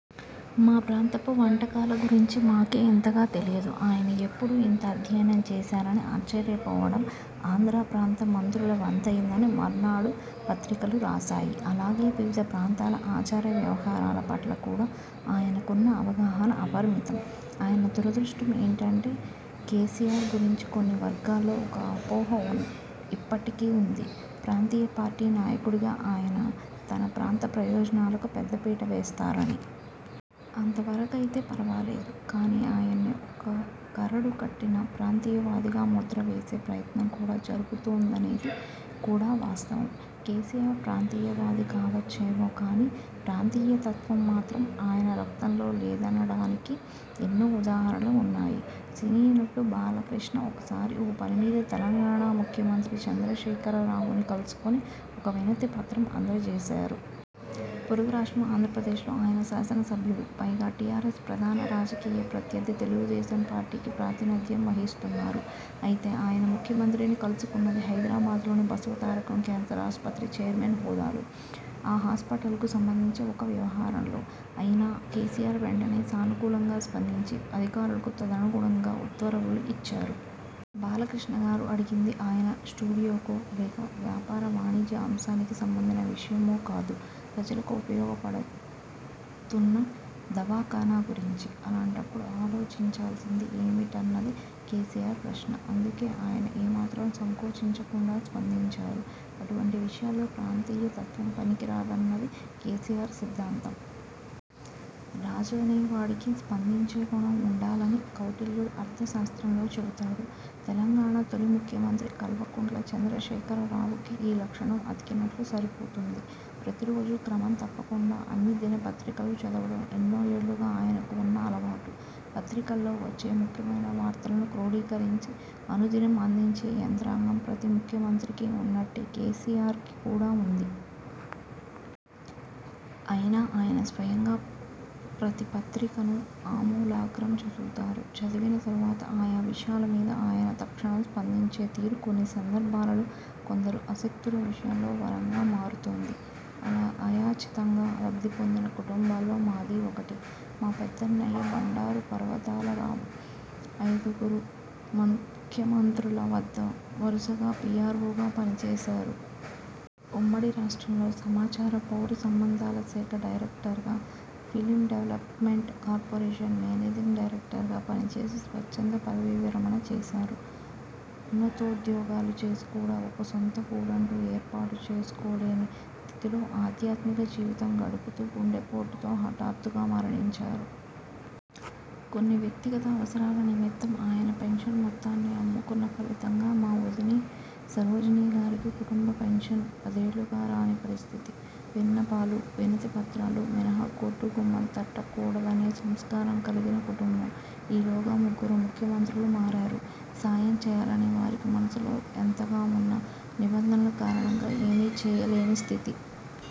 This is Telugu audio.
'మా ప్రాంతపు వంటకాల గురించి మాకే ఇంతగా తెలియదు, ఆయన ఎప్పుడు ఇంత అధ్యయనం చేశార'ని ఆశ్చర్య పోవడం ఆంధ్రప్రాంత మంత్రుల వంతయిందని మర్నాడు పత్రికలు రాసాయి. అలాగే వివిధ ప్రాంతాల ఆచార వ్యవహారాల పట్ల కూడా ఆయనకున్న అవగాహన అపరిమితం. ఆయన దురదృష్టం ఏటంటే, కేసీఆర్ గురించి కొన్ని వర్గాల్లో ఒక అపోహ ఇప్పటికీ వుంది, ప్రాంతీయ పార్టీ నాయకుడిగా ఆయన, తన ప్రాంత ప్రయోజనాలకు పెద్ద పీట వేస్తారని. అంతవరకయితే పరవాలేదు. కానీ ఆయన్ని ఒక కరడు కట్టిన ప్రాంతీయవాదిగా ముద్రవేసే ప్రయత్నం కూడా జరుగుతోందనేది కూడా వాస్తవం. కేసీఆర్ ప్రాంతీయవాది కావచ్చేమో కాని ప్రాంతీయ తత్వం మాత్రం ఆయన రక్తంలో లేదనడానికి ఎన్నో ఉదాహరణలు వున్నాయి. సినీ నటుడు బాలకృష్ణ ఒకసారి ఓ పని మీద తెలంగాణా ముఖ్యమంత్రి చంద్రశేఖరరావుని కలుసుకుని ఒక వినతి పత్రం అందచేశారు. పొరుగు రాష్ట్రం ఆంధ్రప్రదేశ్లో ఆయన శాసనసభ్యుడు. పైగా టీఆర్ఎస్ ప్రధాన రాజకీయ ప్రత్యర్థి తెలుగుదేశం పార్టీకి ప్రాతినిధ్యం వహిస్తున్నారు. అయితే ఆయన ముఖ్యమంత్రిని కలుసుకున్నది హైదరాబాదులోని బసవతారకం కేన్సర్ ఆసుపత్రి చైర్మన్ హోదాలో, ఆ హాస్పిటల్కు సంబంధించిన ఒక వ్యవహారంలో. అయినా కేసీఆర్ వెంటనే సానుకూలంగా స్పందించి అధికారులకు తదనుగుణంగా ఉత్తర్వులు ఇచ్చారు. 'బాలకృష్ణ గారు అడిగింది ఆయన స్టూడియోకో, లేదా వ్యాపార వాణిజ్య అంశానికి సంబంధించిన విషయమో కాదు; ప్రజలకు ఉపయోగపడుతున్న దవాఖానా గురించి. అలాంటప్పుడు ఆలోచించాల్సింది ఏమిట'న్నది కేసీఆర్ ప్రశ్న. అందుకే ఆయన ఏమాత్రం సంకోచించకుండా స్పందించారు. అటువంటి విషయాల్లో ప్రాంతీయ తత్వం పనికి రాదన్నది కేసీఆర్ సిద్ధాంతం. రాజనేవాడికి స్పందించే గుణం వుండాలని కౌటిల్యుడు అర్థశాస్త్రంలో చెబుతాడు. తెలంగాణా తొలి ముఖ్యమంత్రి కల్వకుంట్ల చంద్రశేఖరరావుకి ఈ లక్షణం అతికినట్టు సరిపోతుంది. ప్రతిరోజూ క్రమం తప్పకుండా అన్ని దిన పత్రికలూ చదవడం ఎన్నో ఏళ్ళుగా ఆయనకు వున్న అలవాటు. పత్రికల్లో వచ్చే ముఖ్యమైన వార్తలను క్రోడీకరించి అనుదినం అందించే యంత్రాంగం ప్రతి ముఖ్యమంత్రికీ వున్నట్టే కేసీఆర్కి కూడా వుంది. అయినా ఆయన స్వయంగా ప్రతి పత్రికను ఆమూలాగ్రం చదువుతారు. చదివిన తరువాత ఆయా విషయాల మీద ఆయన తక్షణం స్పందించే తీరు కొన్ని సందర్భాలలో కొందరు అశక్తుల విషయంలో వరంగా మారుతోంది. అలా అయాచితంగా లబ్ధిపొందిన కుటుంబాల్లో మాదీ ఒకటి. మా పెద్దన్నయ్య భండారు పర్వతాల రావు అయిదుగురు ముఖ్యమంత్రుల వద్ద వరుసగా పీఆర్వోగా పనిచేశారు. ఉమ్మడి రాష్ట్రంలో సమాచార, పౌర సంబంధాల శాఖ డైరెక్టర్గా, film development corporation managing director గా పనిచేసి స్వచ్ఛంద పదవీవిరమణ చేసారు. ఉన్నతోద్యోగాలు చేసి కూడా ఒక సొంత గూడంటూ ఏర్పాటు చేసుకోలేని స్థితిలో ఆధ్యాత్మిక జీవితం గడుపుతూ గుండెపోటుతో హఠాత్తుగా మరణించారు. కొన్ని వ్యక్తిగత అవసరాల నిమిత్తం ఆయన పెన్షన్ మొత్తాన్ని అమ్ముకున్న ఫలితంగా మా ఒదినె సరోజిని గారికి కుటుంబ పెన్షన్ పదేళ్లుగా రాని పరిస్థితి. విన్నపాలు, వినతి పత్రాలు మినహా కోర్టు గుమ్మం తట్టకూడదనే సంస్కారం కలిగిన కుటుంబం. ఈలోగా ముగ్గురు ముఖ్యమంత్రులు మారారు. సాయం చేయాలని వారికి మనసులో యెంతగా వున్నా, నిబంధనల కారణంగా ఏమీ చేయలేని స్థితి.